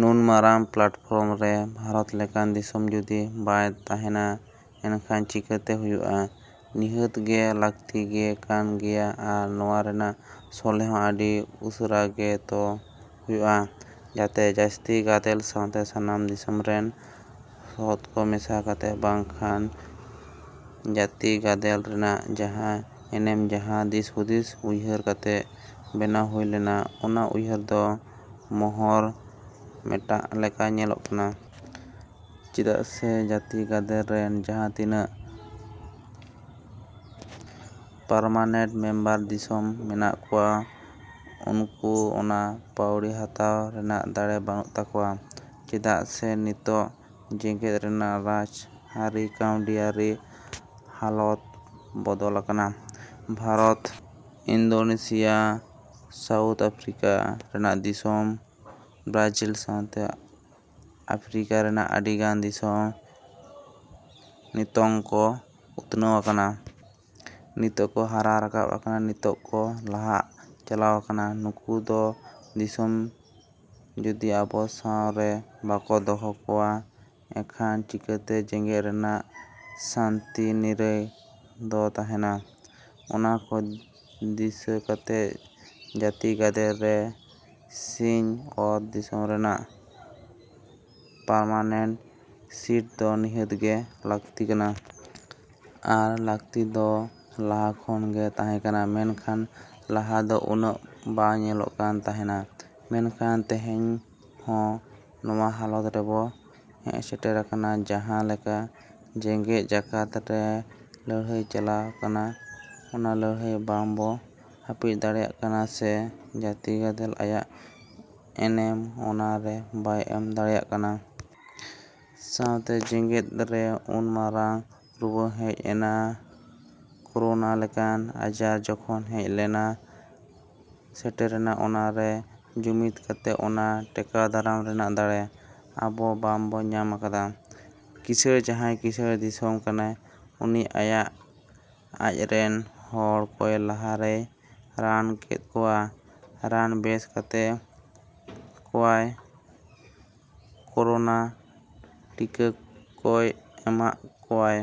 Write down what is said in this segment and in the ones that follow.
ᱱᱩᱱ ᱢᱟᱨᱟᱝ ᱯᱞᱟᱴᱯᱷᱚᱨᱢ ᱨᱮ ᱵᱷᱟᱨᱚᱛ ᱞᱮᱠᱟᱱ ᱫᱤᱥᱚᱢ ᱡᱩᱫᱤ ᱵᱟᱭ ᱛᱟᱦᱮᱱᱟ ᱮᱱᱠᱷᱟᱱ ᱪᱤᱠᱟᱹᱛᱮ ᱦᱩᱭᱩᱜᱼᱟ᱾ ᱱᱤᱦᱟᱹᱛ ᱜᱮ ᱞᱟᱹᱠᱛᱤ ᱜᱮ ᱠᱟᱱ ᱜᱮᱭᱟ ᱟᱨ ᱱᱚᱶᱟ ᱨᱮᱱᱟᱜ ᱥᱚᱞᱦᱮ ᱦᱚᱸ ᱟᱹᱰᱤ ᱩᱥᱟᱹᱨᱟ ᱜᱮ ᱛᱚ ᱦᱩᱭᱩᱜᱼᱟ᱾ ᱡᱟᱛᱮ ᱡᱟᱹᱛᱤ ᱜᱟᱫᱮᱞ ᱥᱟᱶᱛᱮ ᱥᱟᱱᱟᱢ ᱫᱤᱥᱚᱢ ᱨᱤᱱ ᱥᱚᱦᱮᱫ ᱠᱚ ᱢᱮᱥᱟ ᱠᱟᱛᱮ ᱵᱟᱝᱠᱷᱟᱱ ᱡᱟᱹᱛᱤ ᱜᱟᱫᱮᱞ ᱨᱮᱱᱟᱜ ᱡᱟᱦᱟᱸ ᱮᱱᱮᱢ ᱡᱟᱦᱟᱸ ᱫᱤᱥ ᱦᱩᱫᱤᱥ ᱩᱭᱦᱟᱹᱨ ᱠᱟᱛᱮ ᱵᱮᱱᱟᱣ ᱦᱩᱭ ᱞᱮᱱᱟ ᱚᱱᱟ ᱩᱭᱦᱟᱹᱨ ᱫᱚ ᱢᱚᱦᱚᱨ ᱢᱮᱴᱟᱜ ᱞᱮᱠᱟ ᱧᱮᱞᱚᱜ ᱠᱟᱱᱟ᱾ ᱪᱮᱫᱟᱜ ᱥᱮ ᱡᱟᱹᱛᱤ ᱜᱟᱫᱮᱞ ᱨᱤᱱ ᱡᱟᱦᱟᱸ ᱛᱤᱱᱟᱹᱜ ᱯᱟᱨᱢᱟᱱᱮᱱᱴ ᱢᱮᱢᱵᱟᱨ ᱫᱤᱥᱚᱢ ᱢᱮᱱᱟᱜ ᱠᱚᱣᱟ ᱩᱱᱠᱩ ᱚᱱᱟ ᱯᱟᱹᱣᱲᱤ ᱦᱟᱛᱟᱣ ᱨᱮᱱᱟᱜ ᱫᱟᱲᱮ ᱵᱟᱹᱱᱩᱜ ᱛᱟᱠᱚᱣᱟ᱾ ᱪᱮᱫᱟᱜ ᱥᱮ ᱱᱤᱛᱚᱝ ᱡᱮᱜᱮᱫ ᱨᱮᱱᱟᱜ ᱨᱟᱡᱽ ᱟᱹᱨᱤ ᱠᱟᱹᱣᱰᱤ ᱟᱹᱨᱤ ᱦᱟᱞᱚᱛ ᱵᱚᱫᱚᱞ ᱟᱠᱟᱱᱟ᱾ ᱵᱷᱟᱨᱚᱛ ᱤᱱᱫᱳᱱᱮᱥᱤᱭᱟ ᱥᱟᱣᱩᱛᱷ ᱟᱢᱮᱨᱤᱠᱟ ᱨᱮᱱᱟᱜ ᱫᱤᱥᱚᱢ ᱵᱨᱟᱡᱤᱞ ᱥᱟᱶᱛᱮ ᱟᱯᱷᱨᱤᱠᱟ ᱨᱮᱱᱟᱜ ᱟᱹᱰᱤ ᱜᱟᱱ ᱫᱤᱥᱚᱢ ᱱᱤᱛᱚᱝ ᱠᱚ ᱩᱛᱱᱟᱹᱣ ᱟᱠᱟᱱᱟ᱾ ᱱᱤᱛᱚᱝ ᱠᱚ ᱦᱟᱨᱟ ᱨᱟᱠᱟᱵ ᱟᱠᱟᱱᱟ ᱱᱤᱛᱚᱝ ᱠᱚ ᱞᱟᱦᱟ ᱪᱟᱞᱟᱣ ᱟᱠᱟᱱᱟ᱾ ᱩᱱᱠᱩ ᱠᱚ ᱫᱤᱥᱚᱢ ᱡᱩᱫᱤ ᱟᱵᱚ ᱥᱟᱶ ᱨᱮ ᱵᱟᱵᱚ ᱫᱚᱦᱚ ᱠᱚᱣᱟ ᱮᱱᱠᱷᱟᱱ ᱪᱤᱠᱟᱹᱛᱮ ᱡᱮᱜᱮᱫ ᱨᱮᱱᱟᱜ ᱥᱟᱱᱛᱤ ᱱᱤᱨᱟᱹᱭ ᱫᱚ ᱛᱟᱦᱮᱱᱟ᱾ ᱚᱱᱟ ᱠᱚ ᱫᱤᱥᱟᱹ ᱠᱟᱛᱮ ᱡᱟᱹᱛᱤ ᱜᱟᱫᱮᱞ ᱨᱮ ᱥᱤᱧ ᱚᱛ ᱫᱤᱥᱚᱢ ᱨᱮᱱᱟᱜ ᱯᱟᱨᱢᱟᱱᱮᱱᱴ ᱥᱤᱴ ᱫᱚ ᱱᱤᱦᱟᱹᱛ ᱜᱮ ᱞᱟᱹᱠᱛᱤ ᱠᱟᱱᱟ᱾ ᱟᱨ ᱞᱟᱠᱛᱤ ᱫᱚ ᱞᱟᱦᱟ ᱠᱷᱚᱱ ᱜᱮ ᱛᱟᱦᱮᱸ ᱠᱟᱱᱟ᱾ ᱢᱮᱱᱠᱷᱟᱱ ᱞᱟᱦᱟ ᱫᱚ ᱩᱱᱟᱹᱜ ᱵᱟᱝ ᱧᱮᱞᱚᱜ ᱠᱟᱱ ᱛᱟᱦᱮᱱᱟ᱾ ᱢᱮᱱᱠᱷᱟᱱ ᱛᱮᱦᱮᱧ ᱦᱚᱸ ᱱᱚᱶᱟ ᱦᱟᱞᱚᱛ ᱨᱮᱵᱚ ᱦᱮᱡ ᱥᱮᱴᱮᱨ ᱟᱠᱟᱱᱟ ᱡᱟᱦᱟᱸ ᱞᱮᱠᱟ ᱡᱮᱜᱮᱫ ᱡᱟᱠᱟᱛ ᱨᱮ ᱞᱟᱹᱲᱦᱟᱹᱭ ᱪᱟᱞᱟᱜ ᱠᱟᱱᱟ ᱚᱱᱟ ᱞᱟᱹᱲᱦᱟᱹᱭ ᱵᱟᱝ ᱵᱚ ᱦᱟᱯᱤᱫ ᱫᱟᱲᱮᱭᱟᱜ ᱠᱟᱱᱟ ᱥᱮ ᱡᱟᱹᱛᱤ ᱜᱟᱫᱮᱞ ᱟᱭᱟᱜ ᱮᱱᱮᱢ ᱚᱱᱟ ᱨᱮ ᱵᱟᱭ ᱮᱢ ᱫᱟᱲᱮᱭᱟᱜ ᱠᱟᱱᱟ᱾ ᱥᱟᱶᱛᱮ ᱡᱮᱜᱮᱫ ᱨᱮ ᱩᱱ ᱢᱟᱨᱟᱝ ᱨᱩᱣᱟᱹ ᱦᱮᱡ ᱮᱱᱟ ᱠᱳᱨᱳᱱᱟ ᱞᱮᱠᱟᱱ ᱟᱡᱟᱨ ᱡᱚᱠᱷᱚᱱ ᱦᱮᱡ ᱞᱮᱱᱟ ᱥᱮᱴᱮᱨᱮᱱᱟ ᱚᱱᱟ ᱨᱮ ᱡᱩᱢᱤᱫ ᱠᱟᱛᱮ ᱚᱱᱟ ᱴᱮᱠᱟᱣ ᱫᱟᱨᱟᱢ ᱨᱮᱱᱟᱜ ᱫᱟᱲᱮ ᱟᱵᱚ ᱵᱟᱝ ᱵᱚ ᱧᱟᱢ ᱟᱠᱟᱫᱟ᱾ ᱠᱤᱥᱟᱹᱬ ᱡᱟᱦᱟᱸᱭ ᱠᱤᱥᱟᱹᱬ ᱫᱤᱥᱚᱢ ᱠᱟᱱᱟᱭ ᱩᱱᱤ ᱟᱭᱟᱜ ᱟᱡ ᱨᱤᱱ ᱦᱚᱲ ᱠᱚᱭ ᱞᱟᱦᱟ ᱨᱮᱭ ᱨᱟᱱ ᱠᱮᱫ ᱠᱚᱣᱟ ᱨᱟᱱ ᱵᱮᱥ ᱠᱮᱫ ᱠᱚᱣᱟᱭ ᱠᱳᱨᱳᱱᱟ ᱴᱤᱠᱟ ᱠᱚᱭ ᱮᱢᱟᱜ ᱠᱚᱣᱟᱭ᱾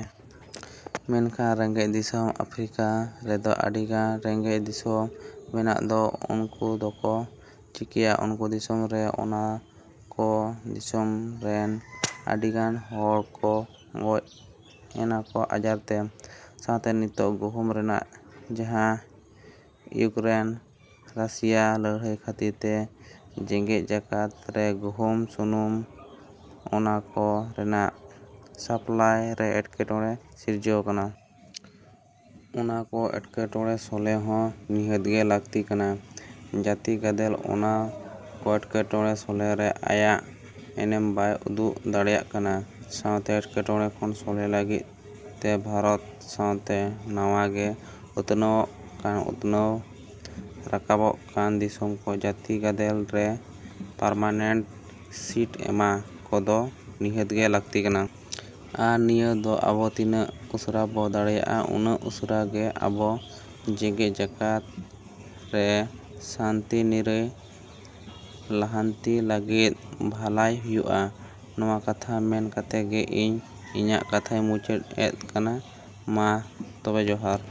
ᱢᱮᱱᱠᱷᱟᱱ ᱨᱮᱸᱜᱮᱡ ᱫᱤᱥᱚᱢ ᱟᱯᱷᱨᱤᱠᱟ ᱨᱮᱫᱚ ᱟᱹᱰᱤ ᱜᱟᱱ ᱨᱮᱸᱜᱮᱡ ᱫᱤᱥᱚᱢ ᱢᱮᱱᱟᱜ ᱫᱚ ᱩᱱᱠᱩ ᱫᱚᱠᱚ ᱪᱮᱠᱟᱭᱟ ᱩᱱᱠᱩ ᱫᱤᱥᱚᱢ ᱨᱮ ᱚᱱᱟ ᱠᱚ ᱫᱤᱥᱚᱢ ᱨᱤᱱ ᱟᱹᱰᱤ ᱜᱟᱱ ᱦᱚᱲ ᱠᱚ ᱜᱚᱡ ᱮᱱᱟ ᱠᱚ ᱟᱡᱟᱨ ᱛᱮ᱾ ᱥᱟᱶᱛᱮ ᱱᱤᱛᱚᱝ ᱜᱩᱦᱩᱢ ᱨᱮᱱᱟᱜ ᱡᱟᱦᱟᱸ ᱤᱭᱩᱠᱨᱮᱱ ᱨᱟᱥᱤᱭᱟ ᱞᱟᱹᱲᱦᱟᱹᱭ ᱠᱷᱟᱹᱛᱤᱨ ᱛᱮ ᱡᱮᱜᱮᱫ ᱡᱟᱠᱟᱛ ᱨᱮ ᱜᱩᱦᱩᱢ ᱥᱩᱱᱩᱢ ᱚᱱᱟ ᱠᱚ ᱨᱮᱱᱟᱜ ᱥᱟᱯᱞᱟᱭ ᱨᱮ ᱮᱴᱠᱮᱴᱚᱬᱮ ᱥᱤᱨᱡᱟᱹᱣ ᱟᱠᱟᱱᱟ᱾ ᱚᱱᱟ ᱠᱚ ᱮᱴᱠᱮᱴᱚᱬᱮ ᱥᱚᱞᱦᱮ ᱦᱚᱸ ᱱᱤᱦᱟᱹᱛ ᱜᱮ ᱞᱟᱠᱛᱤ ᱠᱟᱱᱟ᱾ ᱡᱟᱹᱛᱤ ᱜᱟᱫᱮᱞ ᱚᱱᱟ ᱠᱚ ᱮᱴᱠᱮᱴᱚᱬᱮ ᱥᱚᱞᱦᱮ ᱨᱮ ᱟᱭᱟᱜ ᱮᱱᱮᱢ ᱵᱟᱭ ᱩᱫᱩᱜ ᱫᱟᱲᱮᱭᱟᱜ ᱠᱟᱱᱟ᱾ ᱱᱚᱶᱟ ᱠᱚ ᱮᱴᱠᱮᱴᱚᱬᱮ ᱠᱷᱚᱱ ᱥᱚᱞᱦᱮ ᱞᱟᱹᱜᱤᱫ ᱛᱮ ᱵᱷᱟᱨᱚᱛ ᱥᱟᱶᱛᱮ ᱱᱟᱶᱟ ᱜᱮ ᱩᱛᱱᱟᱹᱣᱚᱜ ᱠᱟᱱ ᱩᱛᱱᱟᱹᱣ ᱨᱟᱠᱟᱵᱚᱜ ᱠᱟᱱ ᱫᱤᱥᱚᱢ ᱠᱚ ᱡᱟᱹᱛᱤ ᱜᱟᱫᱮᱞ ᱨᱮ ᱯᱟᱨᱢᱟᱱᱮᱱᱴ ᱥᱤᱴ ᱮᱢᱟ ᱠᱚᱫᱚ ᱱᱤᱦᱟᱹᱛ ᱜᱮ ᱞᱟᱹᱠᱛᱤ ᱠᱟᱱᱟ᱾ ᱟᱨ ᱱᱤᱭᱟᱹ ᱫᱚ ᱟᱵᱚ ᱛᱤᱱᱟᱹᱜ ᱩᱥᱟᱹᱨᱟ ᱵᱚ ᱫᱟᱲᱮᱭᱟᱜᱼᱟ ᱩᱱᱟᱹᱜ ᱩᱥᱟᱹᱨᱟ ᱜᱮ ᱟᱵᱚ ᱡᱮᱜᱮᱫ ᱡᱟᱠᱟᱛ ᱨᱮ ᱥᱟᱱᱛᱤ ᱱᱤᱨᱟᱹᱭ ᱞᱟᱦᱟᱱᱛᱤ ᱞᱟᱹᱜᱤᱫ ᱵᱷᱟᱹᱞᱟᱹᱭ ᱦᱩᱭᱩᱜᱼᱟ᱾ ᱱᱚᱶᱟ ᱠᱟᱛᱷᱟ ᱢᱮᱱ ᱠᱟᱛᱮ ᱜᱮ ᱤᱧ ᱤᱧᱟᱹᱜ ᱠᱟᱛᱷᱟᱧ ᱢᱩᱪᱟᱹᱫ ᱮᱫ ᱠᱟᱱᱟ ᱢᱟ ᱛᱚᱵᱮ ᱡᱚᱦᱟᱨ᱾।